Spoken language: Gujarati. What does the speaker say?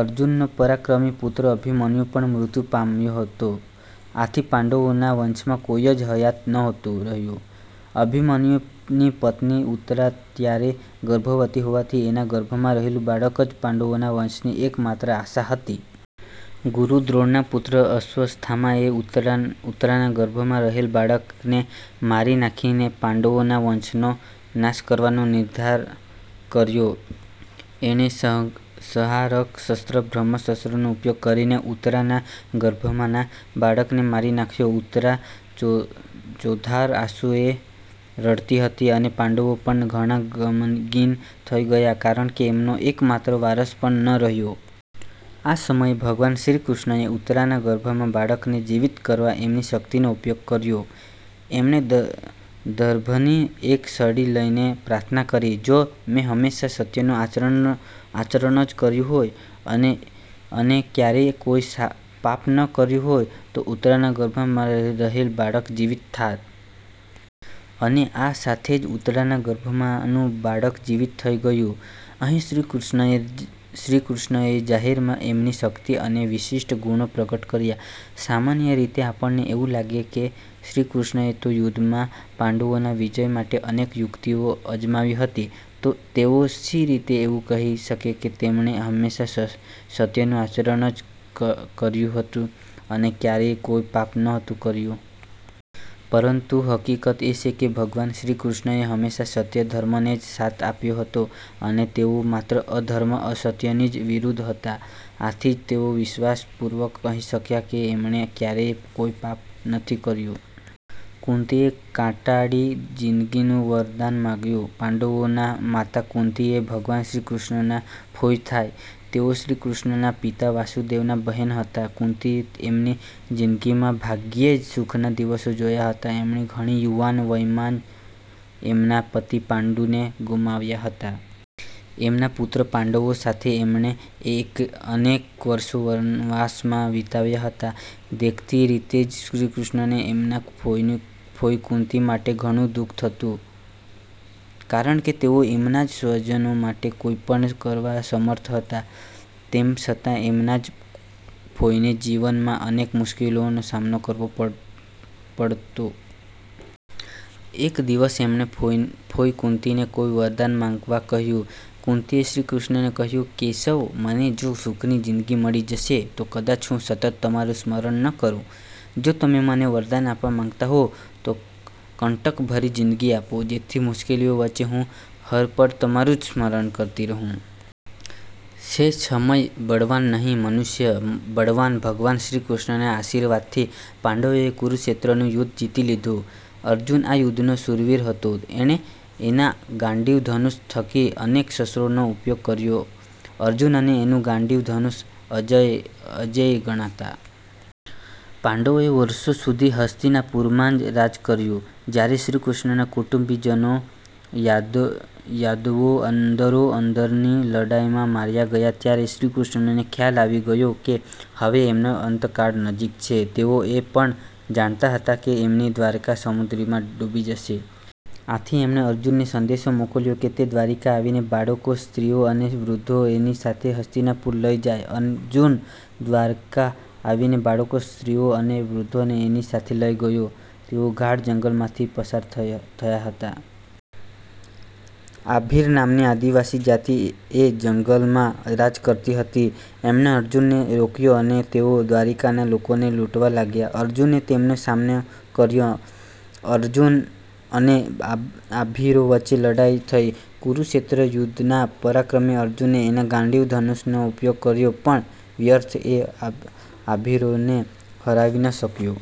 અર્જુનનો પરાક્રમી પુત્ર અભિમન્યુ પણ મૃત્યુ પામ્યો હતો. આથી પાંડવોના વંશમાં। કોઈ જ હયાત નહોતું રહ્યું. અભિમન્યુની પત્ની ઉત્તરા ત્યારે ગર્ભવતી હોવાથી એના ગર્ભમાં રહેલું બાળક જ પાંડવોના વંશની એક માત્ર આશા હતી. ગુરુ દ્રોણના પુત્ર અશ્વસ્થામાએ ઉત્તરાના ગર્ભમાં રહેલ બાળકને મારી નાંખીને પાંડવોના વંશનો નાશ કરવાનો નિર્ધાર કર્યો. એણે સંહારક શસ્ત્ર બ્રહ્માસ્ત્રનો ઉપયોગ કરીને ઉત્તરાના ગર્ભમાંના બાળકને મારી નાંખ્યો. ઉત્તરા ચોધાર આંસુએ રડતી હતી અને પાંડવો પણ ઘણા ગમગીન થઇ ગયા કારણકે એમનો એક માત્ર વારસ પણ ન રહ્યો. આ સમયે ભગવાન શ્રીકૃષ્ણએ ઉત્તરાના ગર્ભમાંના બાળકને જીવિત કરવા એમની શક્તિનો ઉપયોગ કર્યો. એમણે દર્ભની એક સળી લઈને પ્રાર્થના કરી, "જો મેં હંમેશાં સત્યનું આચરણ જ કર્યું હોય અને ક્યારેય કોઈ પાપ ન કર્યું હોય તો ઉત્તરાના ગર્ભમાં રહેલ બાળક જીવિત થાય! " અને આ સાથે જ ઉત્તરાના ગર્ભમાંનું બાળક જીવિત થઇ ગયું! અહીં શ્રીકૃષ્ણએ જાહેરમાં એમની શક્તિ અને વિશિષ્ઠ ગુણો પ્રગટ કર્યા. સામાન્ય રીતે આપણને એવું લાગે કે શ્રીકૃષ્ણએ તો યુદ્ધમાં પાંડવોના વિજય માટે અનેક યુક્તિઓ અજમાવી હતી તો તેઓ શી રીતે એવું કહી શકે કે એમણે હંમેશાં સત્યનું આચરણ જ કર્યું હતું અને ક્યારેય કોઈ પાપ નહોતું કર્યું? પરંતુ હકીકત એ છે કે ભગવાન શ્રીકૃષ્ણએ હંમેશાં સત્ય ધર્મને જ સાથ આપ્યો હતો અને તેઓ માત્ર અધર્મ અસત્યની જ વિરુદ્ધ હતા. આથી જ તેઓ વિશ્વાસપૂર્વક કહી શક્યા કે એમણે ક્યારેય કોઈ પાપ નથી કર્યું. કુંતીએ કાંટાળી જીન્દગીનું વરદાન માંગ્યું પાંડવોના માતા કુંતી એ ભગવાન શ્રીકૃષ્ણના ફોઈ થાય. તેઓ શ્રીકૃષ્ણના પિતા વાસુદેવના બહેન હતા. કુંતીએ એમની જીન્દગીમાં ભાગ્યે જ સુખના દિવસો જોયા હતા. એમણે ઘણી યુવાન વયમાં જ એમના પતિ પાંડુને ગુમાવ્યા હતા. એમના પુત્રો પાંડવો સાથે એમણે અનેક વર્ષો વનવાસમાં વિતાવ્યા હતા. દેખીતી રીતે જ શ્રીકૃષ્ણને એમના ફોઈ કુંતી માટે ઘણું દુ:ખ થતું. કારણકે તેઓ એમના સ્વજનો માટે કાંઈ પણ કરવા સમર્થ હતા તેમ છતાં એમના જ ફોઈને જીવનમાં અનેક મુશ્કેલીઓનો સામનો કરવો પડતો. એક દિવસ એમણે ફોઈ કુંતીને કોઈ વરદાન માંગવા કહ્યું. કુંતીએ શ્રીકૃષ્ણને કહ્યું, "કેશવ, મને જો સુખની જીન્દગી મળી જશે તો કદાચ હું સતત તમારું સ્મરણ ન કરું. જો તમે મને વરદાન આપવા માંગતા હો તો કંટક ભરી જીન્દગી આપો જેથી મુશ્કેલીઓ વચ્ચે હું હર પળ તમારું જ સ્મરણ કરતી રહું". છે સમય બળવાન નહીં મનુષ્ય બળવાન ભગવાન શ્રીકૃષ્ણના આશીર્વાદથી પાંડવોએ કુરુક્ષેત્રનું યુદ્ધ જીતી લીધું. અર્જુન આ યુદ્ધનો શૂરવીર હતો. એણે એના ગાંડીવ ધનુષ થકી અનેક શસ્ત્રોનો ઉપયોગ કર્યો. અર્જુન અને એનું ગાંડીવ ધનુષ અજેય ગણાતા. પાંડવોએ વર્ષો સુધી હસ્તિનાપુરમાં રાજ કર્યું. જયારે શ્રીકૃષ્ણના કુટુંબીજનો યાદવો અંદરો અંદરની લડાઈમાં માર્યા ગયા ત્યારે શ્રીકૃષ્ણને ખ્યાલ આવી ગયો કે હવે એમનો અંતકાળ નજીક છે. તેઓ એ પણ જાણતા હતા કે એમની દ્વારિકા સમુદ્રમાં ડૂબી જશે. આથી એમણે અર્જુનને સંદેશો મોકલ્યો કે તે દ્વારિકા આવીને બાળકો, સ્ત્રીઓ અને વૃધ્ધોને એની સાથે હસ્તિનાપુર લઇ જાય. અર્જુન દ્વારિકા આવીને બાળકો, સ્ત્રીઓ અને વૃધ્ધોને એની સાથે લઇ ગયો. તેઓ ગાઢ જંગલમાંથી પસાર થતા હતા. આભીર નામની આદિવાસી જાતી એ જંગલમાં રાજ કરતી હતી. એમણે અર્જુનને રોક્યો અને તેઓ દ્વારિકાના લોકોને લુંટવા લાગ્યા. અર્જુને તેમનો સામનો કર્યો. અર્જુન અને આભીરો વચ્ચે લડાઈ થઇ. કુરુક્ષેત્ર યુધ્ધના પરાક્રમી અર્જુને એના ગાંડીવ ધનુષનો ઉપયોગ કર્યો પણ વ્યર્થ! એ આભીરોને હરાવી ન શક્યો!